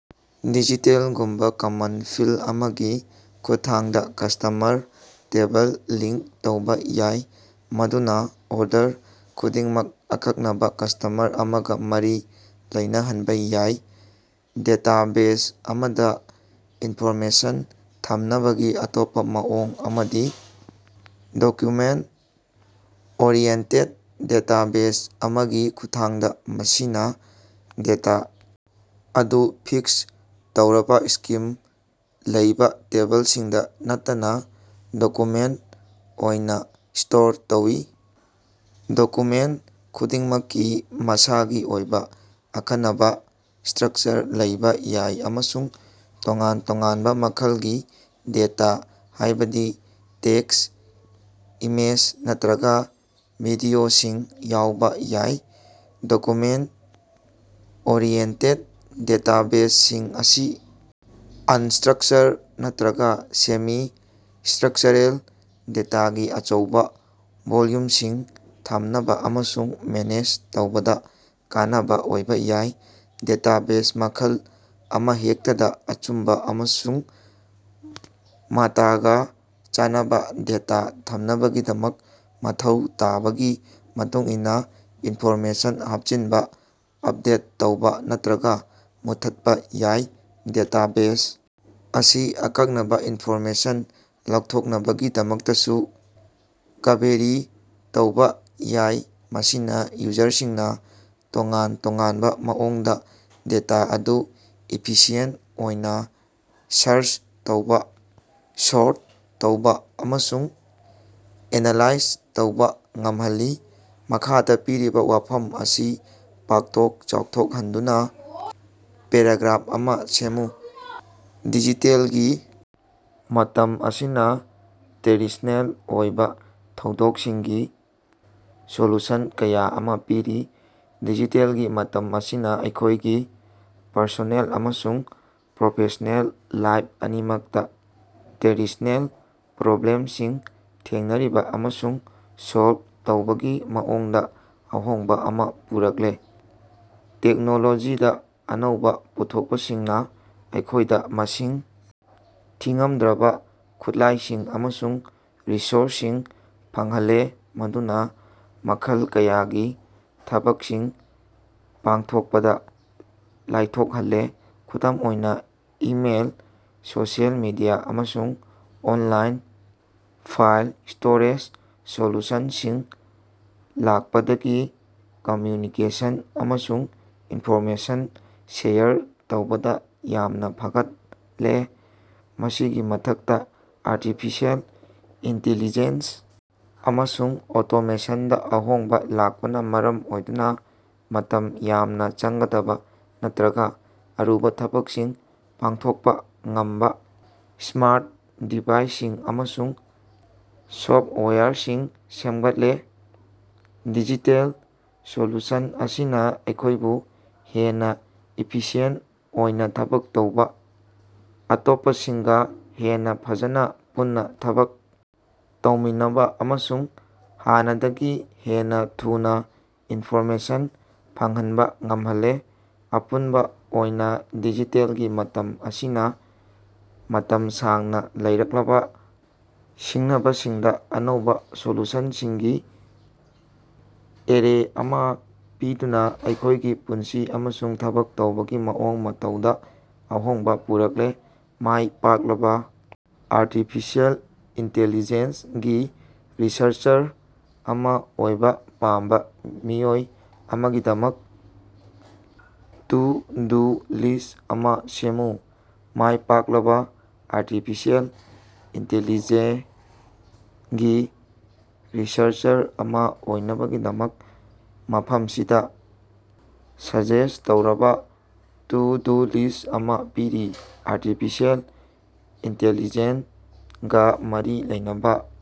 Digital ꯒꯨꯝꯕ common ꯐꯤꯜ ꯑꯃꯒꯤ ꯈꯨꯠꯊꯥꯡꯗ ꯀꯁꯇꯃꯔ ꯇꯦꯕꯜꯒ ꯂꯤꯡꯛ ꯇꯧꯕ ꯌꯥꯏ, ꯃꯗꯨꯅ ꯑꯣꯔꯗꯔ ꯈꯨꯗꯤꯡꯃꯛ ꯑꯀꯛꯅꯕ ꯀꯁꯇꯃꯔ ꯑꯃꯒ ꯃꯔꯤ ꯂꯩꯅꯍꯟꯕ ꯌꯥꯏ꯫ ꯗꯦꯇꯥꯕꯦꯖ ꯑꯃꯗ ꯏꯟꯐꯣꯔꯃꯦꯁꯟ ꯊꯝꯅꯕꯒꯤ ꯑꯇꯣꯞꯄ ꯃꯑꯣꯡ ꯑꯃꯗꯤ ꯗꯣꯀ꯭ꯌꯨꯃꯦꯟꯠ-ꯑꯣꯔꯤꯑꯦꯟꯇꯦꯠ ꯗꯦꯇꯥꯕꯦꯖ ꯑꯃꯒꯤ ꯈꯨꯠꯊꯥꯡꯗ, ꯃꯁꯤꯅ ꯗꯦꯇꯥ ꯑꯗꯨ ꯐꯤꯛꯁ ꯇꯧꯔꯕ ꯁ꯭ꯀꯤꯝ ꯂꯩꯕ ꯇꯦꯕꯜꯁꯤꯡꯗ ꯅꯠꯇꯅ ꯗꯣꯀ꯭ꯌꯨꯃꯦꯟꯠ ꯑꯣꯏꯅ ꯁ꯭ꯇꯣꯔ ꯇꯧꯏ꯫ ꯗꯣꯀ꯭ꯌꯨꯃꯦꯟꯠ ꯈꯨꯗꯤꯡꯃꯛꯀꯤ ꯃꯁꯥꯒꯤ ꯑꯣꯏꯕ ꯑꯈꯟꯅꯕ ꯁ꯭ꯇꯔꯛꯆꯔ ꯂꯩꯕ ꯌꯥꯏ ꯑꯃꯁꯨꯡ ꯇꯣꯉꯥꯟ-ꯇꯣꯉꯥꯟꯕ ꯃꯈꯜꯒꯤ ꯗꯦꯇꯥ, ꯍꯥꯏꯕꯗꯤ ꯇꯦꯛꯁ, ꯏꯃꯦꯖ ꯅꯠꯇ꯭ꯔꯒ ꯚꯤꯗꯤꯑꯣꯁꯤꯡ ꯌꯥꯎꯕ ꯌꯥꯏ꯫ ꯗꯣꯀ꯭ꯌꯨꯃꯦꯟꯠ-ꯑꯣꯔꯤꯑꯦꯟꯇꯦꯠ ꯗꯦꯇꯥꯕꯦꯖꯁꯤꯡ ꯑꯁꯤ ꯑꯟꯁꯇ꯭ꯔꯛꯆꯔ ꯅꯠꯇ꯭ꯔꯒ ꯁꯦꯃꯤ-ꯁꯇ꯭ꯔꯛꯆꯔꯦꯜ ꯗꯦꯇꯥꯒꯤ ꯑꯆꯧꯕ ꯚꯣꯜꯌꯨꯝꯁꯤꯡ ꯊꯝꯅꯕ ꯑꯃꯁꯨꯡ ꯃꯦꯅꯦꯖ ꯇꯧꯕꯗ ꯀꯥꯟꯅꯕ ꯑꯣꯏꯕ ꯌꯥꯏ꯫ ꯗꯦꯇꯥꯕꯦꯖ ꯃꯈꯜ ꯑꯃꯍꯦꯛꯇꯗ ꯑꯆꯨꯝꯕ ꯑꯃꯁꯨꯡ ꯃꯇꯒ ꯆꯥꯟꯅꯕ ꯗꯦꯇꯥ ꯊꯝꯅꯕꯒꯤꯗꯃꯛ ꯃꯊꯧ ꯇꯥꯕꯒꯤ ꯃꯇꯨꯡꯏꯟꯅ ꯏꯟꯐꯣꯔꯃꯦꯁꯟ ꯍꯥꯞꯆꯤꯟꯕ, ꯑꯞꯗꯦꯠ ꯇꯧꯕ ꯅꯠꯇ꯭ꯔꯒ ꯃꯨꯠꯊꯠꯄ ꯌꯥꯏ꯫ ꯗꯦꯇꯥꯕꯦꯖ ꯑꯁꯤ ꯑꯀꯛꯅꯕ ꯏꯟꯐꯣꯔꯃꯦꯁꯟ ꯂꯧꯊꯣꯛꯅꯕꯒꯤꯗꯃꯛꯇꯁꯨ ꯀꯕꯦꯔꯤ ꯇꯧꯕ ꯌꯥꯏ, ꯃꯁꯤꯅ ꯌꯨꯖꯔꯁꯤꯡꯅ ꯇꯣꯉꯥꯟ-ꯇꯣꯉꯥꯟꯕ ꯃꯑꯣꯡꯗ ꯗꯦꯇꯥ ꯑꯗꯨ ꯏꯐꯤꯁꯤꯑꯦꯟꯠ ꯑꯣꯏꯅ ꯁꯔꯆ ꯇꯧꯕ, ꯁꯣꯔꯠ ꯇꯧꯕ ꯑꯃꯁꯨꯡ ꯑꯦꯅꯂꯥꯏꯖ ꯇꯧꯕ ꯉꯝꯍꯜꯂꯤ꯫ ꯃꯈꯥꯗ ꯄꯤꯔꯤꯕ ꯋꯥꯐꯝ ꯑꯁꯤ ꯄꯥꯛꯊꯣꯛ ꯆꯥꯎꯊꯣꯛꯍꯟꯗꯨꯅ ꯄꯦꯔꯥꯒ꯭ꯔꯥꯐ ꯑꯃ ꯁꯦꯝꯃꯨ: ꯗꯤꯖꯤꯇꯦꯜꯒꯤ ꯃꯇꯝ ꯑꯁꯤꯅ ꯇ꯭ꯔꯦꯗꯤꯁ꯭ꯅꯦꯜ ꯑꯣꯏꯕ ꯊꯧꯗꯣꯛꯁꯤꯡꯒꯤ ꯁꯣꯂꯨꯁꯟ ꯀꯌ ꯑꯃ ꯄꯤꯔꯤ꯫ ꯗꯤꯖꯤꯇꯦꯜꯒꯤ ꯃꯇꯝ ꯑꯁꯤꯅ ꯑꯩꯈꯣꯏꯒꯤ ꯄꯔꯁꯣꯅꯦꯜ ꯑꯃꯁꯨꯡ ꯄ꯭ꯔꯣꯐꯦꯁ꯭ꯅꯦꯜ ꯂꯥꯏꯐ ꯑꯅꯤꯃꯛꯇ ꯇ꯭ꯔꯦꯗꯤꯁ꯭ꯅꯦꯜ ꯄ꯭ꯔꯣꯕ꯭ꯂꯦꯝꯁꯤꯡ ꯊꯦꯡꯅꯔꯤꯕ ꯑꯃꯁꯨꯡ ꯁꯣꯜꯕ ꯇꯧꯕꯒꯤ ꯃꯑꯣꯡꯗ ꯑꯍꯣꯡꯕ ꯑꯃ ꯄꯨꯔꯛꯂꯦ꯫ ꯇꯦꯛꯅꯣꯂꯣꯖꯤꯗ ꯑꯅꯧꯕ ꯄꯨꯊꯣꯛꯄꯁꯤꯡꯅ ꯑꯩꯈꯣꯏꯗ ꯃꯁꯤꯡ ꯊꯤꯉꯝꯗ꯭ꯔꯕ ꯈꯨꯠꯂꯥꯏꯁꯤꯡ ꯑꯃꯁꯨꯡ ꯔꯤꯁꯣꯔꯁꯁꯤꯡ ꯐꯪꯍꯜꯂꯦ ꯃꯗꯨꯅ ꯃꯈꯜ ꯀꯌꯥꯒꯤ ꯊꯕꯛꯁꯤꯡ ꯄꯥꯡꯊꯣꯛꯄꯗ ꯂꯥꯏꯊꯣꯛꯍꯜꯂꯤ꯫ ꯈꯨꯗꯝ ꯑꯣꯏꯅ ꯏꯃꯦꯏꯜ, ꯁꯣꯁꯤꯑꯦꯜ ꯃꯤꯗꯤꯌꯥ, ꯑꯃꯁꯨꯡ ꯑꯣꯟꯂꯥꯏꯟ ꯐꯥꯏꯜ ꯁ꯭ꯇꯣꯔꯦꯖ ꯁꯣꯜꯌꯨꯁꯟꯁꯤꯡ ꯂꯥꯛꯄꯗꯒꯤ ꯀꯝꯃ꯭ꯌꯨꯅꯤꯀꯦꯁꯟ ꯑꯃꯁꯨꯡ ꯏꯟꯐꯣꯔꯃꯦꯁꯟ ꯁꯦꯌꯔ ꯇꯧꯕꯗ ꯌꯥꯝꯅ ꯐꯒꯠꯂꯦ꯫ ꯃꯁꯤꯒꯤ ꯃꯊꯛꯇ ꯑꯥꯔꯇꯤꯐꯤꯁꯤꯑꯦꯜ ꯏꯟꯇꯤꯂꯤꯖꯦꯟꯁ ꯑꯃꯁꯨꯡ ꯑꯣꯇꯣꯃꯦꯁꯟꯗ ꯑꯍꯣꯡꯕ ꯂꯥꯛꯄꯅ ꯃꯔꯝ ꯑꯣꯏꯗꯨꯅ ꯃꯇꯝ ꯌꯥꯝꯅ ꯆꯪꯒꯗꯕ ꯅꯠꯇ꯭ꯔꯒ ꯑꯔꯨꯕ ꯊꯕꯛꯁꯤꯡ ꯄꯥꯡꯊꯣꯛꯄ ꯉꯝꯕ ꯁ꯭ꯃꯥꯔꯠ ꯗꯤꯚꯥꯏꯁꯁꯤꯡ ꯑꯃꯁꯨꯡ ꯁꯣꯐꯋꯦꯌꯔꯁꯤꯡ ꯁꯦꯝꯒꯠꯂꯦ꯫ ꯗꯤꯖꯤꯇꯦꯜ ꯁꯣꯂꯨꯁꯟꯁꯤꯡ ꯑꯁꯤꯅ ꯑꯩꯈꯣꯏꯕꯨ ꯍꯦꯟꯅ ꯏꯐꯤꯁꯤꯌꯦꯟꯠ ꯑꯣꯏꯅ ꯊꯕꯛ ꯇꯧꯕ, ꯑꯇꯣꯞꯄꯁꯤꯡꯒ ꯍꯦꯟꯅ ꯐꯖꯅ ꯄꯨꯟꯅ ꯊꯕꯛ ꯇꯧꯃꯤꯟꯅꯕ ꯑꯃꯁꯨꯡ ꯍꯥꯟꯅꯗꯒꯤ ꯍꯦꯟꯅ ꯊꯨꯅ ꯏꯟꯐꯣꯔꯃꯦꯁꯟ ꯐꯪꯍꯟꯕ ꯉꯝꯍꯜꯂꯦ꯫ ꯑꯄꯨꯟꯕ ꯑꯣꯏꯅ ꯗꯤꯖꯤꯇꯦꯜꯒꯤ ꯃꯇꯝ ꯑꯁꯤꯅ ꯃꯇꯝ ꯁꯥꯡꯅ ꯂꯩꯔꯛꯂꯕ ꯁꯤꯡꯅꯕꯁꯤꯡꯗ ꯑꯅꯧꯕ ꯁꯣꯂꯨꯁꯟꯁꯤꯡꯒꯤ ꯑꯦꯔꯦ ꯑꯃꯥ ꯄꯤꯗꯨꯅ ꯑꯩꯈꯣꯏꯒꯤ ꯄꯨꯟꯁꯤ ꯑꯃꯁꯨꯡ ꯊꯕꯛ ꯇꯧꯕꯒꯤ ꯃꯑꯣꯡ ꯃꯇꯧꯗ ꯑꯍꯣꯡꯕ ꯄꯨꯔꯛꯂꯦ꯫ ꯃꯥꯏ ꯄꯥꯛꯂꯕ ꯑꯥꯔꯇꯤꯐꯤꯁꯦꯜ ꯏꯟꯇꯦꯂꯤꯖꯦꯟ ꯒꯤ ꯔꯤꯁꯔꯆꯔ ꯑꯃ ꯑꯣꯏꯕ ꯄꯥꯝꯕ ꯃꯤꯑꯣꯏ ꯑꯃꯒꯤꯗꯃꯛ ꯇꯨ-ꯗꯨ ꯂꯤꯁ꯭ꯠ ꯑꯃ ꯁꯦꯝꯃꯨ꯫ ꯃꯥꯏ ꯄꯥꯛꯂꯕ ꯑꯥꯔꯇꯤꯐꯤꯁꯦꯜ ꯏꯟꯇꯦꯂꯤꯖꯦꯟ ꯒꯤ ꯔꯤꯁꯔꯆꯔ ꯑꯃ ꯑꯣꯏꯅꯕꯒꯤꯗꯃꯛ, ꯃꯐꯝꯁꯤꯗ ꯁꯖꯦꯁ ꯇꯧꯔꯕ ꯇꯨ-ꯗꯨ ꯂꯤꯁ ꯑꯃ ꯄꯤꯔꯤ: ꯑꯥꯔꯇꯤꯐꯤꯁꯦꯜ ꯏꯟꯇꯦꯂꯤꯖꯦꯟ ꯒ ꯃꯔꯤ ꯂꯩꯅꯕ